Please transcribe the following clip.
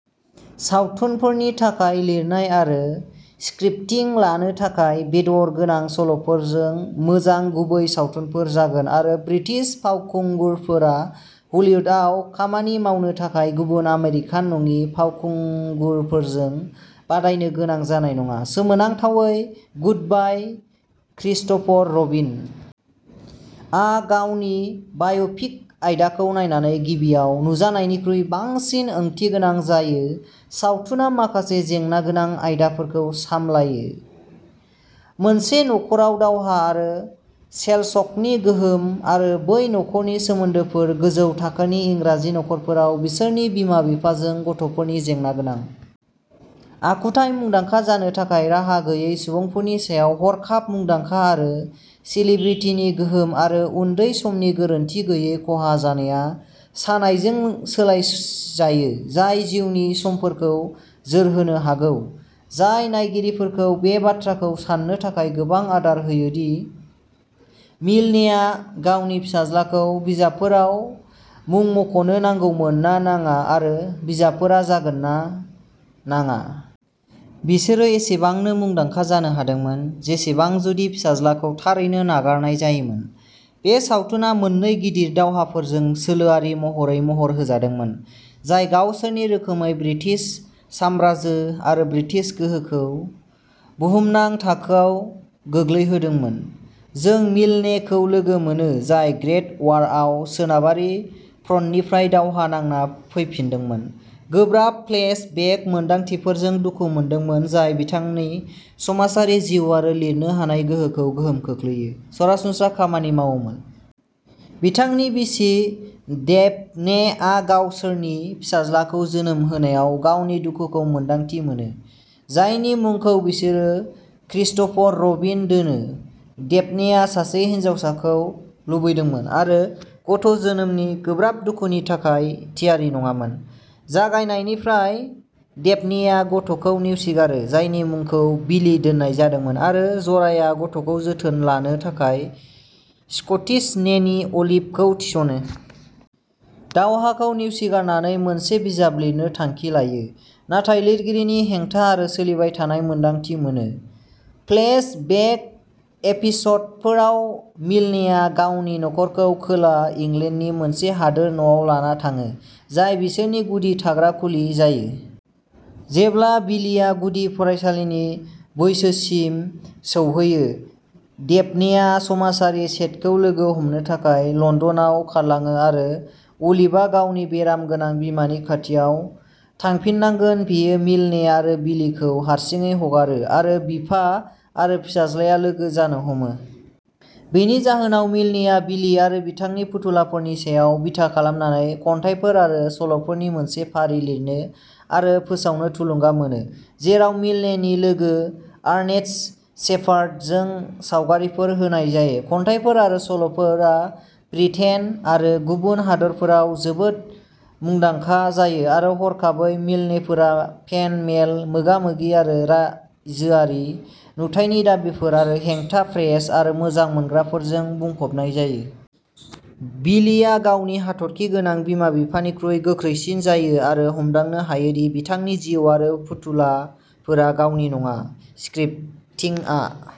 सावथुनफोरनि थाखाय लिरनाय आरो स्क्रिप्टिं लानो थाखाय, बेदर गोनां सल'फोरजों मोजां गुबै सावथुनफोर जागोन आरो ब्रिटिश फावखुंगुरफोरा हलिउदाव खामानि मावनो थाखाय गुबुन आमेरिकान नङि फावखुंगुरफोरजों बादायनो गोनां जानाय नङा। सोमोनांथावै, गुडबाय क्रिस्ट'फर रबिन आ गावनि बाय'पिक आयदाखौ नायनानै गिबियाव नुजानायनिख्रुइ बांसिन ओंथिगोनां जायो सावथुना माखासे जेंनागोनां आयदाफोरखौ सामलायो मोनसे नख'राव दावहा आरो सेलश'कनि गोहोम आरो बै नख'रनि सोमोन्दोफोर गोजौ थाखोनि इंराजि नखरफोराव बिसोरनि बिमा-बिफाजों गथ'फोरनि जेंनागोनां आखुथाय मुंदांखा जानो थाखाय राहा गैयै सुबुंफोरनि सायाव हरखाब मुंदांखा आरो सेलिब्रिटिनि गोहोम आरो उन्दै समनि गोरोनथि गैयै खहा जानाया सानायजों सोलाय जायो जाय जिउनि समफोरखौ जोरहोनो हागौ जाय नायगिरिफोरखौ बे बाथ्राखौ सान्नो थाखाय गोबां आदार होयो दि मिल्नेआ गावनि फिसाज्लाखौ बिजाबफोराव मुंख'नो नांगौमोन ना नाङा आरो बिजाबफोरा जागोन ना नाङा। बिसोरो एसेबांनो मुंदांखा जानो हादोंमोन जेसेबां जुदि फिसाज्लाखौ थारैनो नागारनाय जायोमोन। बे सावथुना मोननै गिदिर दावहाफोरजों सोलोआरि महरै महर होजादोंमोन, जाय गावसोरनि रोखोमै ब्रिटिश साम्रायजो आरो ब्रिटिश गोहोमखौ बुहुमनां थाखोआव गोग्लैहोदोंमोन। जों मिल्ने खौ लोगो मोनो, जाय ग्रेट वारआव सोनाबारि फ्रन्टनिफ्राय दावहा नांना फैफिनदोंमोन, गोब्राब फ्लेश बेक मोनदांथिफोरजों दुखु मोनदोंमोन जाय बिथांनि समाजारि जिउ आरो लिरनो हानाय गोहोखौ गोहोम खोख्लैयो, सरासनस्रा खामानि मावोमोन। बिथांनि बिसि डेफने आ गावसोरनि फिसाज्लाखौ जोनोम होनायाव गावनि दुखुखौ मोन्दांथि मोनो, जायनि मुंखौ बिसोरो क्रिस्ट'फर रबिन दोनो डेफनेआ सासे हिनजावखौ लुबैदोंमोन आरो गथ' जोनोमनि गोब्राब दुखुनि थाखाय थियारि नङामोन। जागायनायनिफ्रायनो डेफनेआ गथ'खौ नेवसिगारो, जायनि मुंखौ बिलि दोननाय जादोंमोन आरो जराया गथ'खौ जोथोन लानो थाखाय स्कटिस नेनी अलिभ खौ थिसनो। दावहाखौ नेवसिगारनानै मोनसे बिजाब लिरनो थांखि लायो, नाथाय लिरगिरिनि हेंथा आरो सोलिबाय थानाय मोन्दांथि मोनो। फ्लैश बेक एपिस'डफोराव, मिल्नेआ गावनि नखरखौ खोला इंलेन्डनि मोनसे हादोर न'आव लाना थाङो, जाय बिसोरनि गुदि थाग्रा खुलि जायो। जेब्ला बिलीया गुदि फरायसालिनि बैसोसिम सौहैयो, डेफनेआ समाजारि सेटखौ लोगो हमनो थाखाय लन्दनाव खारलाङो आरो अलिभआ गावनि बेराम गोनां बिमानि खाथियाव थांफिननांगोन बेयो मिल्ने आरो बिलीखौ हारसिङै हगारो आरो बिफा आरो फिसाज्लाया लोगो जानो हमो। बेनि जाहोनाव मिल्नेआ बिली आरो बिथांनि फुथुलाफोरनि सायाव बिथा खालामनानै खन्थाइफोर आरो सल'फोरनि मोनसे फारि लिरनो आरो फोसावनो थुलुंगा मोनो, जेराव मिल्नेनि लोगो आर्नेस्ट शेपार्ड जों सावगारिफोर होनाय जायो। खन्थाइफोर आरो सल'फोरा ब्रिटेन आरो गुबुन हादोरफोराव जोबोद मुंदांखा जायो आरो हरखाबै मिल्नेफोरा फेन मेल, मोगा-मोगि आरो रायजोआरि नुथायनि दाबिफोर आरो हेंथा प्रेस आरो मोजां मोनग्राफोरजों बुंफबनाय जायो। बिलीया गावनि हाथरखि गोनां बिमा-बिफाफोरनिख्रुइ गोख्रैसिन जायो आरो हमदांनो हायो दि बिथांनि जिउ आरो फुथुलाफोरा गावनि नङा। स्क्रिप्टिंआ